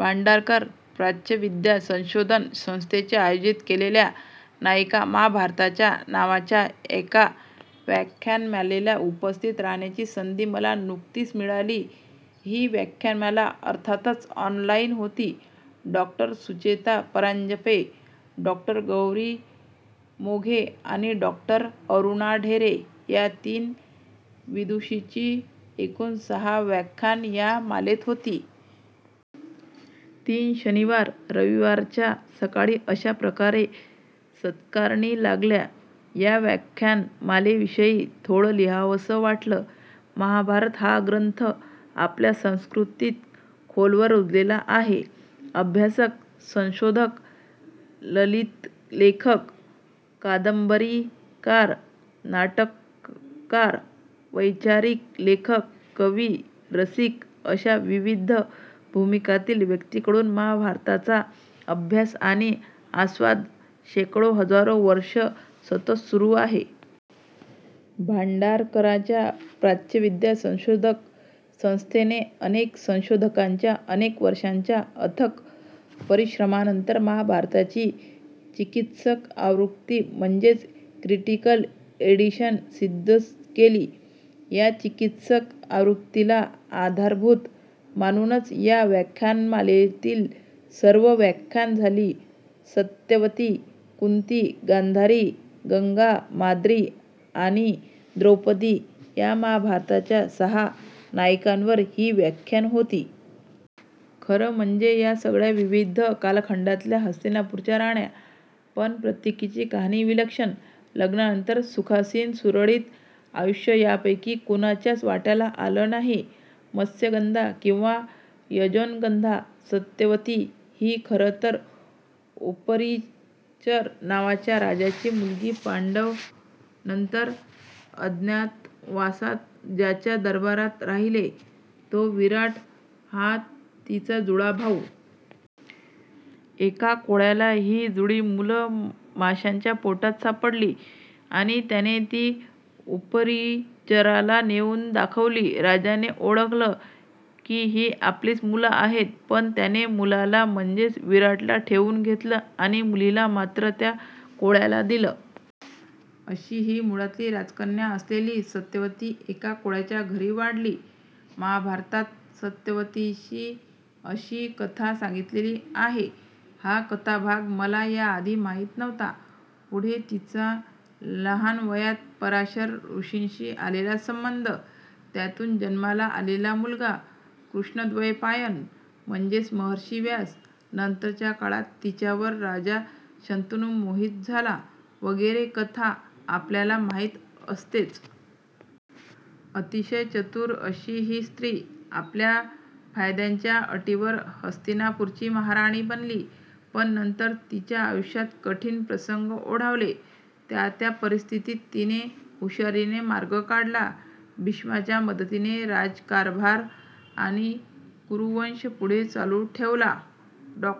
भांडारकर प्राच्यविद्या संशोधन संस्थेने आयोजित केलेल्या 'नायिका महाभारताच्या' नावाच्या एका व्याख्यानमालेला उपस्थित राहण्याची संधी मला नुकतीच मिळाली. ही व्याख्यानमाला अर्थातच ऑनलाईन होती. डॉ. सुचेता परांजपे, डॉ. गौरी मोघे आणि डॉ. अरुणा ढेरे या तीन विदुषींची एकूण सहा व्याख्यानं या मालेत होती. तीन शनिवार-रविवारच्या सकाळी अशा प्रकारे सत्कारणी लागल्या. या व्याख्यान मालेविषयी थोडं लिहावंसं वाटलं. महाभारत हा ग्रंथ आपल्या संस्कृतीत खोलवर रुजलेला आहे. अभ्यासक, संशोधक, ललितलेखक, कादंबरीकार, नाटककार, वैचारिक लेखक, कवी, रसिक अशा विविध भूमिकांतील व्यक्तींकडून महाभारताचा अभ्यास आणि आस्वाद शेकडो-हजारो वर्षं सतत सुरू आहे. भांडारकर प्राच्यविद्या संशोधन संस्थेने अनेक संशोधकांच्या अनेक वर्षांच्या अथक परिश्रमांनंतर महाभारताची 'चिकित्सक आवृत्ती' म्हणजेच 'क्रिटिकल एडिशन' सिद्ध केली. या चिकित्सक आवृत्तीला आधारभूत मानूनच या व्याख्यानमालेतली सर्व व्याख्यानं झाली. सत्यवती, कुंती, गांधारी, गंगा, माद्री आणि द्रौपदी या महाभारताच्या सहा नायिकांवर ही व्याख्यानं होती. खरं म्हणजे या सगळ्या विविध कालखंडातल्या हस्तिनापूरच्या राण्या. पण प्रत्येकीची कहाणी विलक्षण. लग्नानंतर सुखासीन, सुरळीत आयुष्य यापैकी कुणाच्याच वाट्याला आलं नाही. मत्स्यगंधा किंवा योजनगंधा सत्यवती ही खरं तर 'उपरिचर' नावाच्या राजाची मुलगी. पांडव नंतर अज्ञातवासात ज्याच्या दरबारात राहिले, तो विराट हा तिचा जुळा भाऊ. एका कोळ्याला ही जुळी मुलं माशाच्या पोटात सापडली आणि त्याने ती उपरिचराला नेऊन दाखवली. राजाने ओळखलं, की ही आपलीच मुलं आहेत. पण त्याने मुलाला, म्हणजेच विराटाला ठेवून घेतलं आणि मुलीला मात्र त्या कोळ्याला दिलं. अशी ही मुळातली राजकन्या असलेली सत्यवती एका कोळ्याच्या घरी वाढली. महाभारतात सत्यवतीची अशी कथा सांगितलेली आहे. हा कथाभाग मला याआधी माहिती नव्हता. पुढे तिचा लहान वयात पराशर ऋषींशी आलेला संबंध, त्यातून जन्माला आलेला मुलगा कृष्णद्वैपायन, म्हणजेच महर्षी व्यास, नंतरच्या काळात तिच्यावर राजा शंतनु मोहित झाला वगैरे कथा आपल्याला माहिती असतेच. अतिशय चतुर अशी ही स्त्री. आपल्या फायद्याच्या अटींवर हस्तिनापूरची महाराणी बनली, पण नंतर तिच्या आयुष्यात कठीण प्रसंग ओढवले. त्या-त्या परिस्थितीत तिने हुशारीने मार्ग काढला, भीष्माच्या मदतीने राज्यकारभार आणि कुरुवंश पुढे चालू ठेवला. डॉ.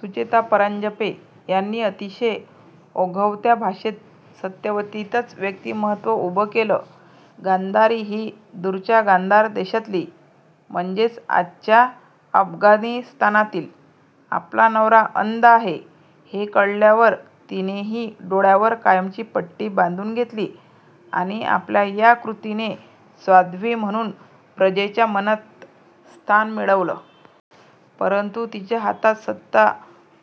सुचेता परांजपे यांनी अतिशय ओघवत्या भाषेत सत्यवतीचं व्यक्तिमत्त्व उभं केलं. गांधारी ही दूरच्या गांधार देशातली. म्हणजेच आजच्या अफगाणिस्तानातली. आपला नवरा अंध आहे हे कळल्यावर तिनेही डोळ्यांवर कायमची पट्टी बांधून घेतली. आणि आपल्या या कृतीने 'साध्वी' म्हणून प्रजेच्या मनात स्थान मिळवलं. परंतु तिच्या हातात सत्ता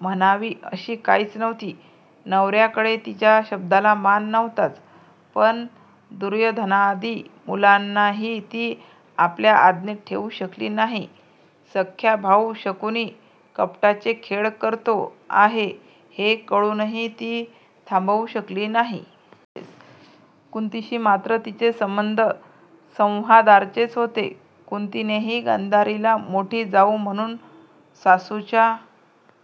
म्हणावी अशी काहीच नव्हती. नवर्याकडे तिच्या शब्दाला मान नव्हताच, पण दुर्योधनादि मुलांनाही ती आपल्या आज्ञेत ठेवू शकली नाही. सख्खा भाऊ शकुनी कपटाचे खेळ करतो आहे हे कळूनही ती ते थांबवू शकली नाही. कुंतीशी मात्र तिचे संबंध सौहार्दाचेच होते. कुंतीनेही गांधारीला मोठी जाऊ म्हणून, सासूच्या--